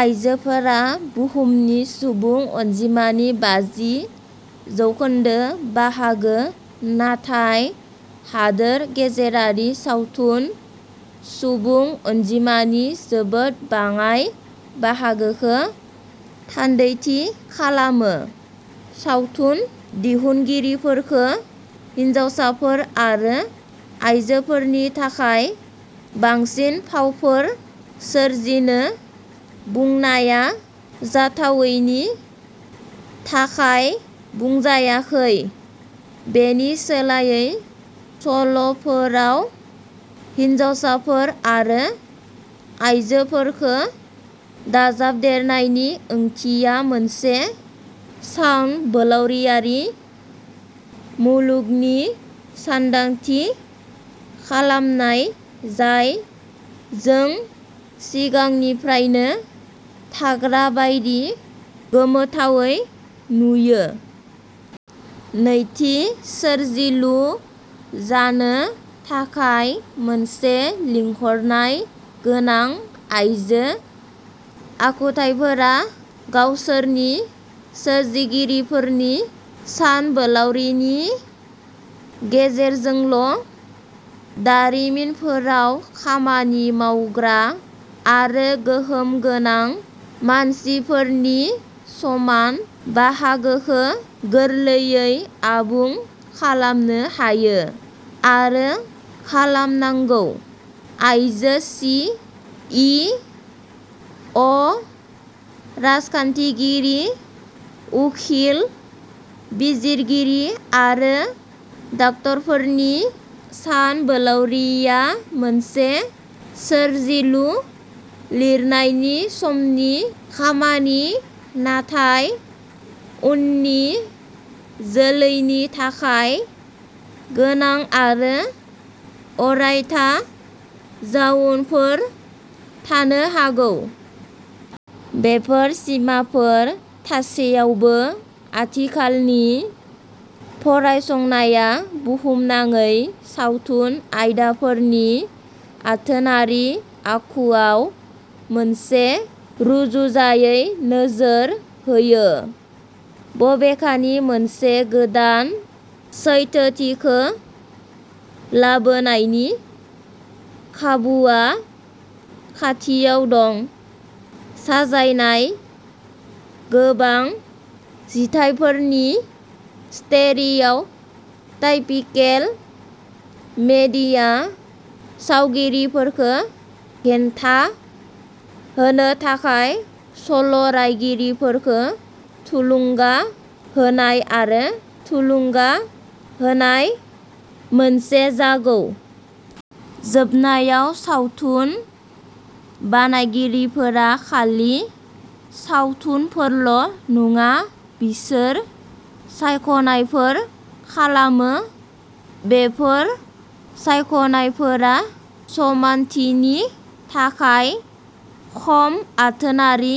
आयजोफोरा बुहुमनि सुबुं अनजिमानि बाजि जौखोन्दो बाहागो, नाथाय हादोर गेजेरारि सावथुन सुबुं अनजिमानि जोबोद बाङाइ बाहागोखौ थान्दैथि खालामो। सावथुन दिहुनगिरिफोरखो हिनजावसाफोर आरो आइजोफोरनि थाखाय बांसिन फावफोर सोरजिनो बुंनाया जाथावैनि थाखाय बुंजायाखै। बेनि सोलायै, सल'फोराव हिनजावसाफोर आरो आइजोफोरखो दाजाबदेरनायनि ओंथिया मोनसे सांबोलावरियारि मुलुगनि सानदांथि खालामनाय, जाय जों सिगांनिफ्रायनो थाग्रा बायदि गोमोथावै नुयो। नैथि, सोरजिलु जानो थाखाय मोनसे लिंहरनाय गोनां। आइजो आखुथाइफोरा गावसोरनि सोरजिगिरिफोरनि सानबोलावरिनि गेजेरजोंल' दारिमिनफोराव खामानि मावग्रा आरो गोहोम गोनां मासिफोरनि समान बाहागोखो गोरलैयै आबुं खालामनो हायो आरो खालामनांगौ। आइजो सि इ अ राजखान्थिगिरि, उखिल, बिजिरगिरि आरो डाक्ट'रफोरनि सानबोलावरिआ मोनसे सोरजिलु-लिरनायनि समनि खामानि, नाथाय उननि जोलैनि थाखाय गोनां आरो अरायथा जाउनफोर थानो हागौ। बेफोर सिमाफोर थासेयावबो, आथिखालनि फरायसंनाया बुहुमनाङै सावथुन आयदाफोरनि आथोनारि आखुआव मोनसे रुजुजायै नोजोर होयो। बबेखानि, मोनसे गोदान सैथोथिखो लाबोनायनि खाबुआ खाथियाव दं। साजायनाय। गोबां जिथाइफोरनि स्टेरिआव टाइपिकेल मेडिया सावरिफोरखौ गेनथा होनो थाखाय सल'रायगिरिफोरखो थुलुंगा होनाय आरो थुलुंगा होनाय मोनसे जागौ। जोबनायाव सावथुन बानायगिरिफोरा खालि सावथुनफोरल' नङा, बिसोर सायख'नायफोर खालामो। बेफोर सायख'नायफोरा समानथिनि थाखाय, खम आथोनारि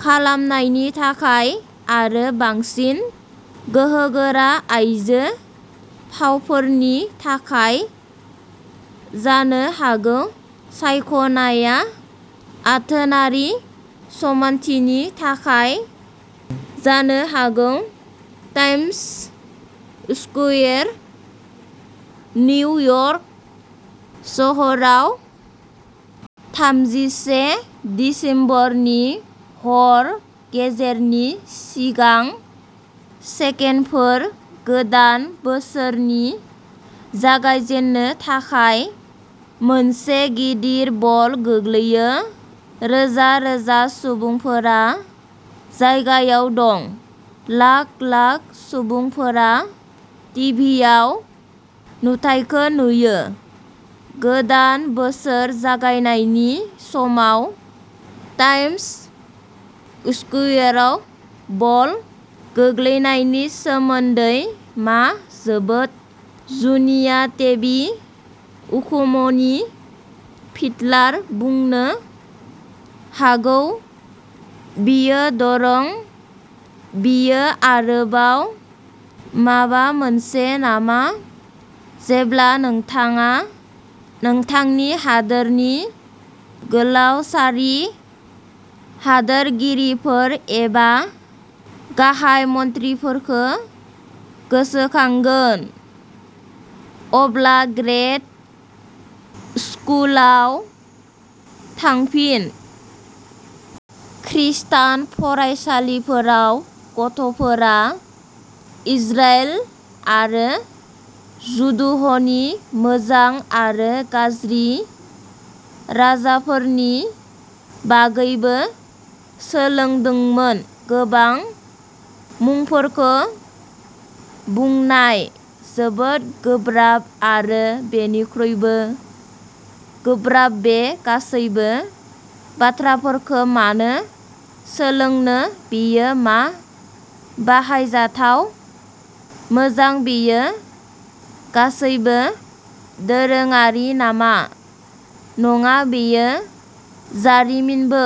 खालामनायनि थाखाय, आरो बांसिन गोहोगोरा आइजो फावफोरनि थाखाय जानो हागौ। सायख'नायआ आथोनारि समानथिनि थाखाय जानो हागौ। टाइम्स स्कुवेर निउयर्क सोहोराव -- थामजिसे दिसेम्बरनि हर गेजेरनि सिगां सेकेन्डफोर। गोदान बोसोरनि जागायजेन्नो थाखाय मोनसे गिदिर बल गोग्लैयो। रोजा-रोजा सुबुंफोरा जायगायाव दं। लाख-लाख सुबुंफोरा टिभिआव नुथायखौ नुयो। गोदान बोसोर जागायनायनि समाव टाइम्स स्कुवेराव बल गोग्लैनायनि सोमोन्दै मा जोबोद जुनिया टेवि, उखुम'नि फिडलार बुंनो हागौ, बियो दरों बियो आरोबाव माबा मोनसे नामा जेब्ला नोंथाङा नोंथांनि हादोरनि गोलाव सारि हादोरगिरिफोर एबा गाहाय मन्थ्रिफोरखौ गोसोखांगोन। अब्ला ग्रेड स्कुलाव थांफिन। खृस्टान फरायसालिफोराव गथ'फोरा इजराइल आरो जुडुह'नि मोजां आरो गाज्रि राजाफोरनि बागैबो सोलोंदोंमोन। गोबां मुंफोरखौ बुंनाय जोबोद गोब्राब। आरो बेनिख्रुइबो गोब्राब बे गासैबो बाथ्राफोरखौ मानो सोलोंनो बेयो मा बाहायजाथाव मोजां बेयो गासैबो दोरोङारि नामा? नङा, बेयो जारिमिनबो।